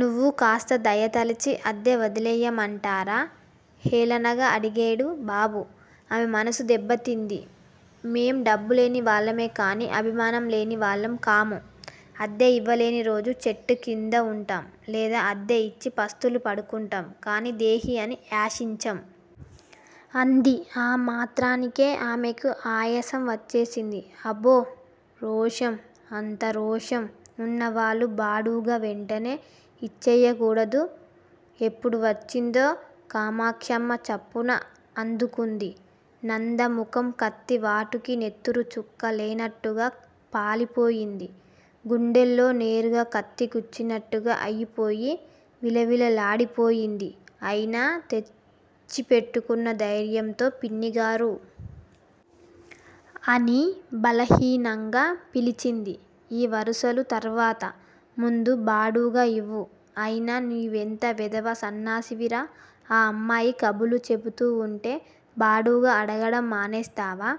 నువ్వు కాస్త దయతలచి- అద్దె వదిలెయ్యమంటారా! హేళనగా అడిగేడు. బాబూ ఆమె మనస్సు దెబ్బతింది. మేం డబ్బులేని వాళ్ళమే కానీ అభిమానం లేని వాళ్ళం కాము. అద్దె ఇవ్వలేని రోజు చెట్టు క్రింద ఉంటాం. లేదా అద్దె ఇచ్చి పస్తులు పడుకుంటాం. కానీ దేహీ అని యాచించం! అంది. ఆ మాత్రానికే ఆమెకి ఆయాసం వచ్చేసింది. అబ్బో! రోషం! అంత రోషం వున్నవాళ్ళు బాడుగ వెంటనే ఇచ్చెయ్యకూడదూ! ఎప్పుడు వచ్చిందో కామాక్షమ్మ చప్పున అందుకుంది. నంద ముఖం కత్తి వాటుకి నెత్తురు చుక్క లేనట్టుగా పాలిపోయింది! గుండెల్లో నేరుగా కత్తి గుచ్చినట్టుగా అయిపోయి, విలవిల్లాడిపోయింది అయినా తెచ్చిపెట్టుకున్న ధైర్యంతో పిన్నిగారూ! అని బలహీనంగా పిలిచింది. ఈ వరుసలు తరువాత! ముందు బాడుగ ఇవ్వు! అయినా నువ్వెంత వెధవ సన్నాసివిరా! ఆ అమ్మాయి కబుర్లు చెబుతూ వుంటే బాడుగ అడగడం మానేస్తావా?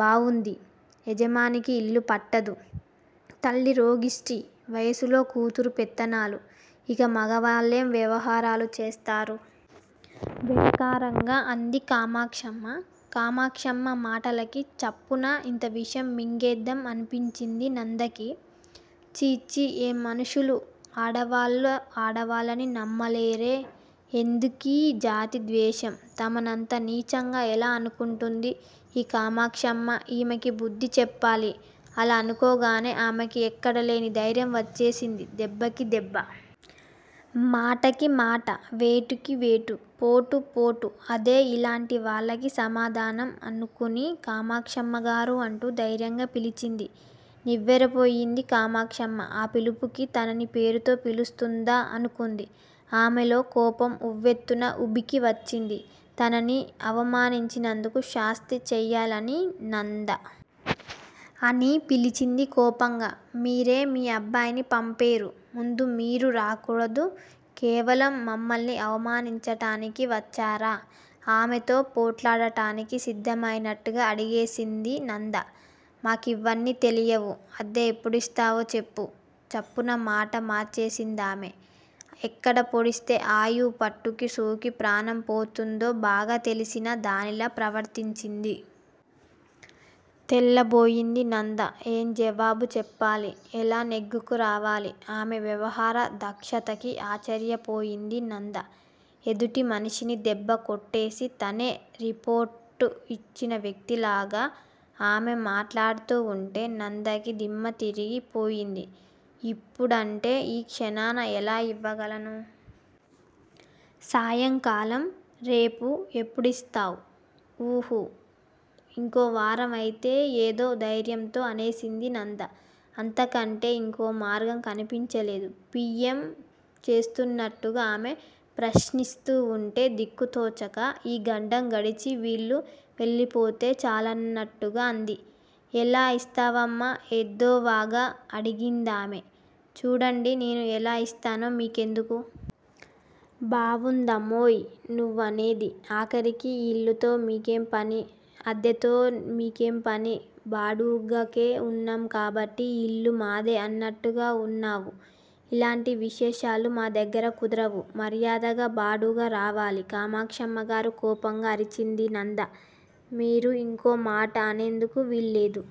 బావుంది! యజమానికి ఇల్లు పట్టదు. తల్లి రోగిష్టి! వయసులో కూతురు పెత్తనాలు! ఇక మగవాళ్ళేం వ్యవహారాలు చేస్తారు! వెటకారంగా అంది కామాక్షమ్మ. కామాక్షమ్మ మాటలకి చప్పున ఇంత విషం మింగేద్దాం అనిపించింది నందకి. ఛీ! ఛీ! ఏం మనుషులు! ఆడవాళ్ళు ఆడవాళ్ళని నమ్మలేరే! ఎందుకీ జాతి ద్వేషం! తమనంత నీచంగా ఎలా అనుకుంటుంది ఈ కామాక్షమ్మ. ఈమెకి బుద్ది చెప్పాలి! అలా అనుకోగానే ఆమెకి ఎక్కడలేని ధైర్యం వచ్చేసింది దెబ్బకి దెబ్బ! మాటకి మాట! వేటుకి వేటు! పోటు పోటు! అదే యిలాంటి వాళ్ళకి సమాధానం అనుకుని కామాక్షమ్మగారూ అంటూ ధైర్యంగా పిలిచింది. నివ్వెరపోయింది కామాక్షమ్మ ఆ పిలుపుకి. తనని పేరుతో పిలుస్తుందా అనుకుంది. ఆమెలో కోపం ఉవ్వెత్తున ఉబికి వచ్చింది. తనని అవమానించినందుకు శాస్తి చేయాలని నందా! అని పిలిచింది కోపంగా. మీరే మీ అబ్బాయిని పంపేరు. ముందే మీరు రాకూడదూ? కేవలం మమ్మల్ని అవమానించటానికి వచ్చారా? ఆమెతో పోట్లాడటానికి సిద్దమైనట్టుగా అడిగేసింది నంద. మాకీవన్ని తెలియవు? అద్దె ఎప్పుడిస్తావో చెప్పు! చప్పున మాట మార్చేసిందామె. ఎక్కడ పొడిస్తే ఆయువు పట్టుకి సోకి ప్రాణం పోతుందో బాగా తెలిసిన దానిలా ప్రవర్తించింది. తెల్లబోయింది నంద! ఏం జవాబు చెప్పాలి! ఎలా నెగ్గుకు రావాలి? ఆమె వ్యవహార దక్షతకి ఆశ్చర్యపోయింది నంద! ఎదుటి మనిషిని దెబ్బ కొట్టేసి తనే రిపోర్టు ఇచ్చిన వ్యక్తిలాగా ఆమె మాట్లాడుతూ వుంటే నందకి దిమ్మ తిరిగి పోయింది. ఇప్పుడంటే ఈ క్షణాన ఎలా ఇవ్వగలను? సాయంకాలం- రేపు ఎప్పుడిస్తావ్? ఊహూ! ఇంకో వారం అయితే! ఏదో ధైర్యంతో అనేసింది నంద. అంతకంటే యింకోమార్గం కన్పించలేదు. పి. యం. చేస్తోన్నట్టుగా ఆమె ప్రశ్నిస్తోవుంటే దిక్కుతోచక, ఈ గండం గడిచి వీళ్ళు వెళ్ళిపోతే చాలన్నట్టుగా అంది. ఎలా ఇస్తావమ్మా! ఎద్దేవాగా అడిగిందామె. చూడండి! నేను ఎలా ఇస్తానో మీకెందుకు? బావుందమ్మోయ్! నువ్వనేది ఆఖరికి ఈ ఇల్లుతో మీకేం పని? అద్దెతో మీకేం పని? బాడుగకే ఉన్నాం కాబట్టి ఈ ఇల్లు మాదే అన్నట్టుగా వున్నావు. ఇలాంటి వేషాలు మన దగ్గర కుదరవు. మర్యాదగా బాడుగ రావాలి! కామాక్షమ్మగారూ! కోపంగా అరిచింది నంద! మీరు ఇంకో మాట అనేందుకు వీల్లేదు.